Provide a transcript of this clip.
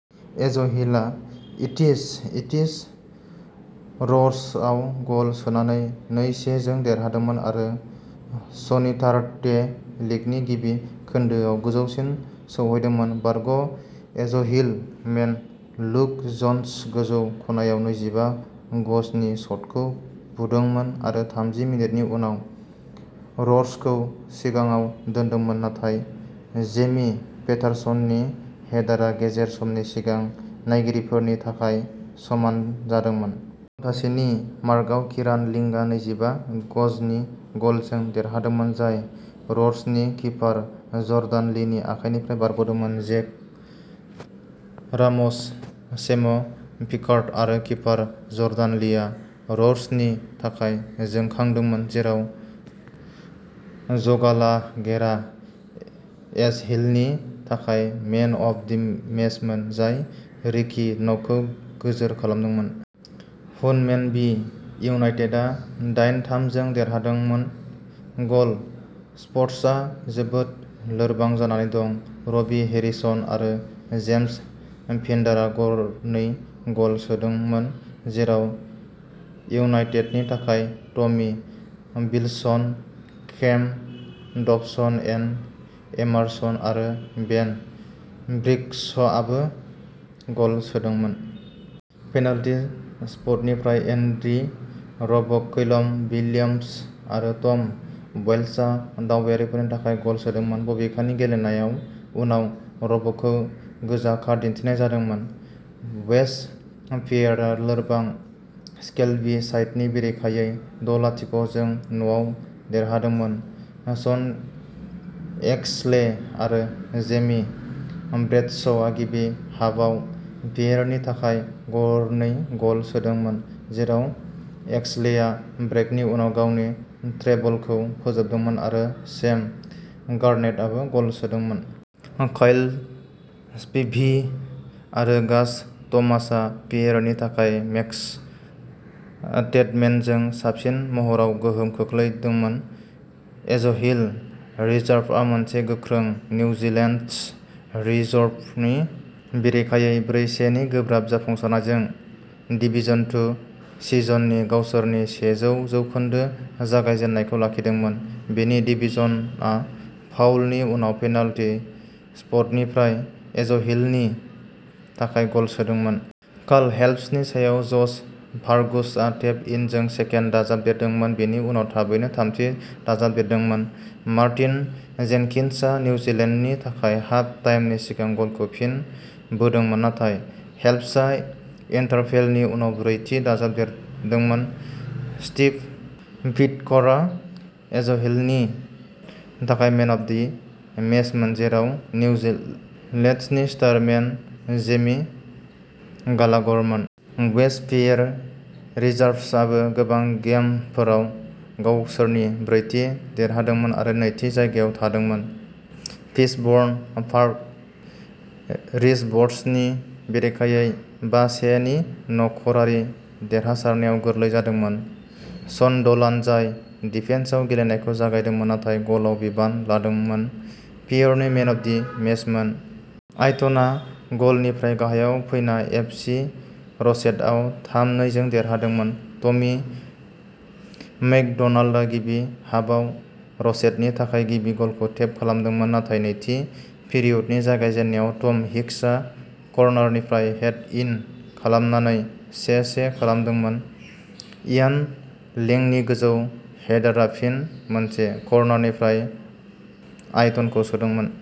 एजहिलआ इटिस इटिस र'वर्सआव गल सोनानै नै-से जों देरहादोंमोन आरो सनिटारडे लिगनि गिबि खोन्दोआव गोजौसिम सौहैदोंमोन। बारग' एजहिल मेन लुक जन्स गोजौ खनायाव नैजिबा गजनि शटखौ बुदोंमोन आरो थामजि मिनिटनि उनाव र'वर्सखौ सिगाङाव दोनदोंमोन नाथाय जेमि पेटारसननि हेडारआ गेजेर समनि सिगां नायगिरिफोरनि थाखाय समान जादोंमोन। घन्टासेनि मार्कआव किरान लिंकआ नैजिबा गजनि गलजों देरहादोंमोन जाय र'वर्सनि किपार जर्डान लीनि आखायनिफ्राय बारग'दोंमोन। जेक राम'स, सेम पिकार्ड आरो किपार जर्डान लीआ र'वर्सनि थाखाय जोंखांदोंमोन, जेराव ज'गालाघेरा एजहिलनि थाखाय मेन अफ दि मेचमोन, जाय रिकी नकखौ गोजोर खालामदोंमोन। हुनमेनबी इउनाइटेडआ दाइन-थाम जों देरहादोंमोन। गल स्पर्टसआ जोबोद लोरबां जानानै दं। रबि हेरिसन आरो जेम्स पिन्डारा गरनै गल सोदोंमोन, जेराव इउनाइटेडनि थाखाय Tommy Wilson, Cam Dobson, John Emerson आरो बेन ब्रिग्सआबो गल सोदोंमोन। पेनाल्टी स्पटनिफ्राय एन्डी र'बक, कैलम विलियम्स आरो टम वाइल्डआ दावबायारिफोरनि थाखाय गल सोदोंमोन, बबेखानि गेलेनायाव उनाव र'बकखौ गोजा कार्ड दिन्थिनाय जादोंमोन। वेस्ट पियेरआ लोरबां स्केल्बी साइडनि बेरेखायै द'-लाथिख' जों न'आव देरहादोंमोन। शन एक्सले आरो जेमी ब्रेडश'आ गिबि हाफआव पियेरनि थाखाय गरनै गल सोदोंमोन, जेराव एक्सलेआ ब्रेकनि उनाव गावनि ट्रेबलखौ फोजोबदोंमोन आरो सेम गार्नेटआबो गल सोदोंमोन। काइल स्पिभि आरो गाज थमासआ पियेरनि थाखाय मेक्स टेडमेनजों साबसिन महराव गोहोम खोख्लैदोंमोन। एजहिल रिजार्भआ मोनसे गोख्रों निउलेन्डस रिजर्वनि बेरेखायै ब्रै-से नि गोब्राब जाफुंसारनायजों डिवीजन टू सिजननि गावसोरनि सेजौ जौखोनदो जागायजेन्नायखौ लाखिदोंमोन। बेनि डेभिसआ फाउलनि उनाव पेनाल्टी स्पटनिफ्राय एजहिलनि थाखाय गल सोदोंमोन। कार्ल हेपल्सनि सायाव, जश फार्गुसआ टेप इनजों सेकेन्ड दाजाबदेरदोंमोन, बेनि उनाव थाबैनो थामथि दाजाबदेरदोंमोन। मार्टिन जेनकिन्सना निउलेन्डसनि थाखाय हाफ टाइमनि सिगां गलखौ फिन बोदोंमोन, नाथाय हेपल्सआ इन्टारभेलनि उनाव ब्रैथि दाजाबदेरदोंमोन। स्टीव व्हिटेकरआ एजहिलनि थाखाय मेन अफ दि मेचमोन, जेराव न्यूलेड्सनि स्टार मेन जेमी गालाघरमोन। वेस्ट पियेर रिजार्भ्सआबो गोबां गेमफोराव गावसोरनि ब्रैथि देरहादोंमोन आरो नैथि जायगायाव थादोंमोन, फिशबर्न पार्क रिजर्व्सनि बेरेखायै बा-से नि न'खरारि देरहासारनायाव गोरलै जादोंमोन। शन ड'लान, जाय डिफेन्सआव गेलेनायखौ जागायदोंमोन नाथाय गलआव बिबान लादोंमोन, पियेरनि मेन अफ दि मेचमोन। आयटनआ गलनिफ्राय गाहायाव फैना एफसि र'सेटआव थाम-नै जों देरहादोंमोन। टमी मैकड'नाल्डआ गिबि हाफआव र'सेटनि थाखाय गिबि गलखौ टेप खालामदोंमोन, नाथाय नैथि पिरियडनि जागायजेन्नायाव टम हिक्सआ कर्नारनिफ्राय हेद इन खालामनानै से-से खालामदोंमोन। इयान लेंनि गोजौ हेडारआ, फिन मोनसे कर्नारनिफ्राय, आयटनखौ सोदोंमोन।